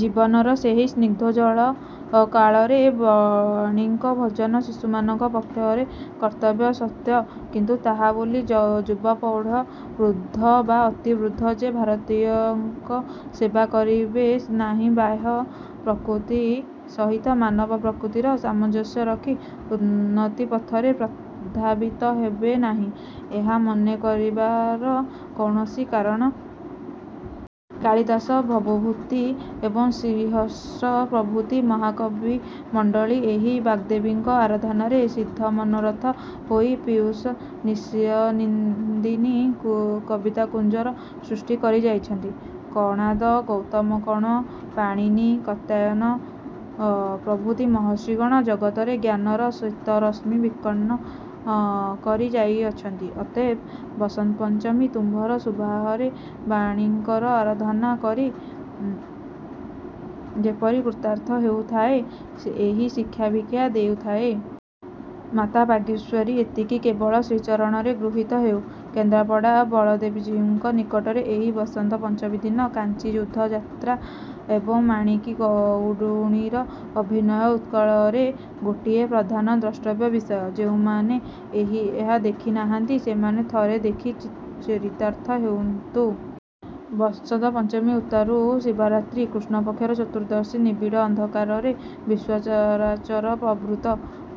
ଜୀବନର ସେହି ସ୍ନିଗ୍ଧୋଜ୍ଜ୍ୱଳ କାଳରେ ବାଣୀଙ୍କ ଭଜନ ଶିଶୁମାନଙ୍କ ପକ୍ଷରେ କର୍ତ୍ତବ୍ୟ ସତ୍ୟ, କିନ୍ତୁ ତାହା ବୋଲି ଯୁବା ପ୍ରୌଢ଼ ବୃଦ୍ଧ ବା ଅତି ବୃଦ୍ଧ ଯେ ଭାରତୀଙ୍କ ସେବା କରିବେ ନାହିଁବାହ୍ୟ ପ୍ରକୃତି ସହିତ ମାନବପ୍ରକୃତିର ସାମଞ୍ଜସ୍ୟ ରଖି ଉନ୍ନତିପଥରେ ପ୍ରଧାବିତ ହେବେ ନାହିଁ ଏହା ମନେ କରିବାର କୌଣସି କାରଣ। କାଳିଦାସ ଭବଭୂତି ଏବଂ ଶ୍ରୀହର୍ଷ ପ୍ରଭୃତି ମହାକବିମଣ୍ଡଳୀ ଏହି ବାଗ୍ଦେବୀଙ୍କ ଆରାଧନାରେ ସିଦ୍ଧମନୋରଥ ହୋଇ ପୀୟୁଷ ନିଷ୍ୟନ୍ଦିନୀ କବିତାକୁଞ୍ଜର ସୃଷ୍ଟି କରି ଯାଇଅଛନ୍ତି। କଣାଦ, ଗୌତମ କଣ୍ୱ, ପାଣିନି କାତ୍ୟାୟନ ପ୍ରଭୃତି ମହର୍ଷିଗଣ ଜଗତରେ ଜ୍ଞାନର ସିତ-ରଶ୍ମି ବିକୀର୍ଣ୍ଣ କରି ଯାଇଅଛନ୍ତି। ଅତଏବ ବସନ୍ତପଞ୍ଚମୀ! ତୁମ୍ଭର ଶୁଭାହରେ ବାଣୀଙ୍କର ଆରାଧନା କରି ଯେପରି କୃତାର୍ଥ ହେଉଥାଏଁ, ଏହି ଶିକ୍ଷା-ଭିକ୍ଷା ଦେଉଥାଏ। ମାତଃ ବାଗୀଶ୍ୱରି! ଏତିକି କେବଳ ଶ୍ରୀଚରଣରେ ଗୃହୀତ ହେଉ। କେନ୍ଦ୍ରାପଡ଼ା ବଳଦେବଜୀଙ୍କ ନିକଟରେ ଏହି ବସନ୍ତ ପଞ୍ଚମୀ ଦିନ କାଞ୍ଚୀ ଯୁଦ୍ଧ ଯାତ୍ରା ଏବଂ ମାଣିକୀ ଗଉଡ଼ୁଣୀର ଅଭିନୟ ଉତ୍କଳରେ ଗୋଟିଏ ପ୍ରଧାନ ଦ୍ରଷ୍ଟବ୍ୟ ବିଷୟ। ଯେଉଁମାନେ ଏହା ଦେଖି ନାହାନ୍ତି, ସେମାନେ ଥରେ ଦେଖି ଚରିତାର୍ଥ ହେଉନ୍ତୁ। ବସନ୍ତ-ପଞ୍ଚମୀ ଉତ୍ତାରୁ ଶିବରାତ୍ରି। କୃଷ୍ଣପକ୍ଷର ଚତୁର୍ଦ୍ଦଶୀ, ନିବିଡ଼ ଅନ୍ଧକାରରେ ବିଶ୍ୱଚରାଚର ଆବୃତ।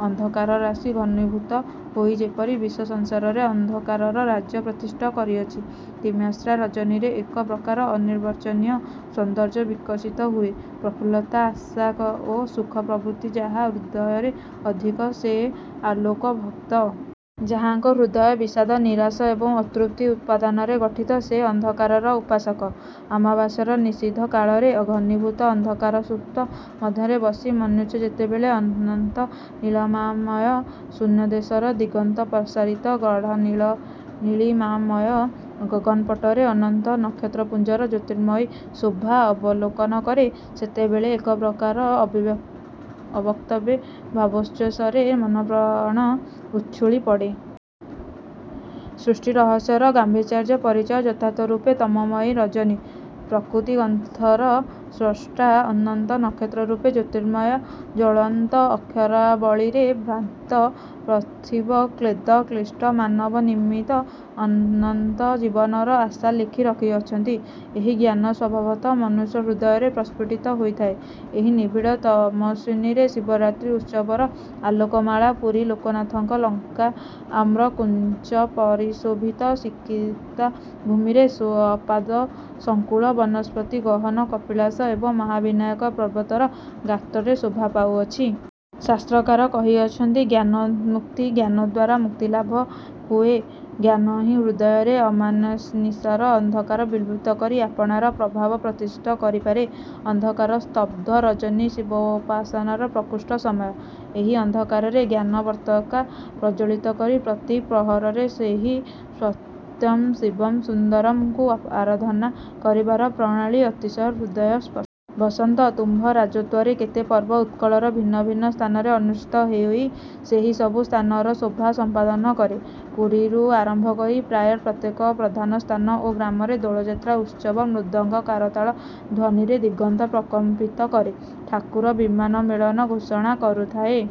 ଅନ୍ଧକାର-ରାଶି ଘନୀଭୂତ ହୋଇ ଯେପରି ବିଶ୍ୱ ସଂସାରରେ ଅନ୍ଧକାରର ରାଜ୍ୟ ପ୍ରତିଷ୍ଠିତ କରିଅଛି। ତମିସ୍ରା ରଜନୀରେ ଏକ ପ୍ରକାର ଅନିର୍ବଚନୀୟ ସୌନ୍ଦର୍ଯ୍ୟ ବିକଶିତ ହୁଏ ପ୍ରଫୁଲ୍ଲତା ଆଶା ଓ ସୁଖପ୍ରବୃତ୍ତି ଯାହା ହୃଦୟରେ ଅଧିକ ସେ ଆଲୋକଭକ୍ତ। ଯାହାଙ୍କ ହୃଦୟ ବିଷାଦ ନିରାଶା ଏବଂ ଅତୃପ୍ତି ଉପାଦାନରେ ଗଠିତ ସେ ଅନ୍ଧକାରର ଉପାସକ। ଅମାବାସ୍ୟାର ନିଶୀଥ କାଳରେ ଘନୀଭୂତ ଅନ୍ଧକାରସ୍ତୂପ ମଧ୍ୟରେ ବସି ମନୁଷ୍ୟ ଯେତେବେଳେ ଅନନ୍ତ ନୀଳିମାମୟ ଶୂନ୍ୟଦେଶରେ ଦିଗନ୍ତପ୍ରସାରିତ ଗାଢ଼ନୀଳିମାମୟ ଗଗନପଟରେ ଅନନ୍ତ ନକ୍ଷତ୍ରପୁଞ୍ଜର ଜ୍ୟୋତିର୍ମୟୀ ଶୋଭା ଅବଲୋକନ କରେ, ସେତେବେଳେ ଏକପ୍ରକାର ଅବକ୍ତବ୍ୟ ଭାବୋଚ୍ଛ୍ୱାସରେ ମନଃପ୍ରାଣ ଉଛୁଳି ପଡ଼େ। ସୃଷ୍ଟିରହସ୍ୟର ଗାମ୍ଭୀର୍ଯ୍ୟର ପରିଚୟ ଯଥାର୍ଥରୂପେ ତମୋମୟୀ ରଜନୀ। ପ୍ରକୃତି ଗ୍ରନ୍ଥର ସ୍ରଷ୍ଟା ଅନନ୍ତ ନକ୍ଷତ୍ରରୂପ ଜ୍ୟୋତିର୍ମୟ ଜ୍ୱଳନ୍ତ ଅକ୍ଷରାବଳୀରେ ଭ୍ରାନ୍ତ ପାର୍ଥିବ କ୍ଳେଦ-କ୍ଳିଷ୍ଟ ମାନବ ନିମିତ୍ତ ଅନନ୍ତ ଜୀବନର ଆଶା ଲେଖି ରଖିଅଛନ୍ତି, ଏହି ଜ୍ଞାନ ସ୍ୱଭାବତଃ ମନୁଷ୍ୟ ହୃଦୟରେ ପ୍ରସ୍ଫୁଟିତ ହୋଇଥାଏ। ଏହି ନିବିଡ଼ ତମସ୍ୱିନୀରେ ଶିବରାତ୍ରି ଉତ୍ସବର ଆଲୋକମାଳା ପୁରୀ-ଲୋକନାଥଙ୍କ ଲଙ୍କା ଆମ୍ର କୁଞ୍ଜପରିଶୋଭିତ ସିକତା ଭୂମିରେ, ଶ୍ୱାପଦ ସଙ୍କୁଳ, ବନସ୍ପତିଗହନ କପିଳାସ ଏବଂ ମହାବିନାୟକ ପର୍ବତର ଗାତ୍ରରେ ଶୋଭା ପାଉଅଛି। ଶାସ୍ତ୍ରକାର କହିଅଛନ୍ତି, ଜ୍ଞାନନ୍ମୁକ୍ତିଃ ଜ୍ଞାନଦ୍ୱାରା ମୁକ୍ତିଲାଭ ହୁଏ। ଜ୍ଞାନହିଁ ହୃଦୟରେ ଅମାନିଶାର ଅନ୍ଧକାର ବିଲୁପ୍ତ କରି ଆପଣାର ପ୍ରଭାବ ପ୍ରତିଷ୍ଠିତ କରି ପାରେ। ଅନ୍ଧକାର-ସ୍ତବ୍ଧ ରଜନୀ ଶିବୋପାସନାର ପ୍ରକୃଷ୍ଟ ସମୟ। ଏହି ଅନ୍ଧକାରରେ ଜ୍ଞାନ ବର୍ତ୍ତିକା ପ୍ରଜ୍ୱଳିତ କରି ପ୍ରତି ପ୍ରହରରେ ସେହି ''ସତ୍ୟଂ ଶିବଂ ସୁନ୍ଦରଂ''ଙ୍କୁ ଆରାଧନା କରିବାର ପ୍ରଣାଳୀ ଅତିଶୟ ହୃଦୟସ୍ପର୍ଶୀ। ବସନ୍ତ! ତୁମ୍ଭ ରାଜତ୍ୱରେ କେତେ ପର୍ବ ଉତ୍କଳର ଭିନ୍ନ ଭିନ୍ନ ସ୍ଥାନରେ ଅନୁଷ୍ଠିତ ହୋଇ ସେହି ସବୁ ସ୍ଥାନର ଶୋଭା ସମ୍ପାଦନ କରେ। ପୁରୀରୁ ଆରମ୍ଭ କରି ପ୍ରାୟ ପ୍ରତ୍ୟେକ ପ୍ରଧାନ ସ୍ଥାନ ଓ ଗ୍ରାମରେ ଦୋଳଯାତ୍ରା ଉତ୍ସବ ମୃଦଙ୍ଗ କରତାଳ ଧ୍ୱନିରେ ଦିଗନ୍ତ ପ୍ରକମ୍ପିତ କରି ଠାକୁର ବିମାନ ମେଳନ ଘୋଷଣା କରୁଥାଏ।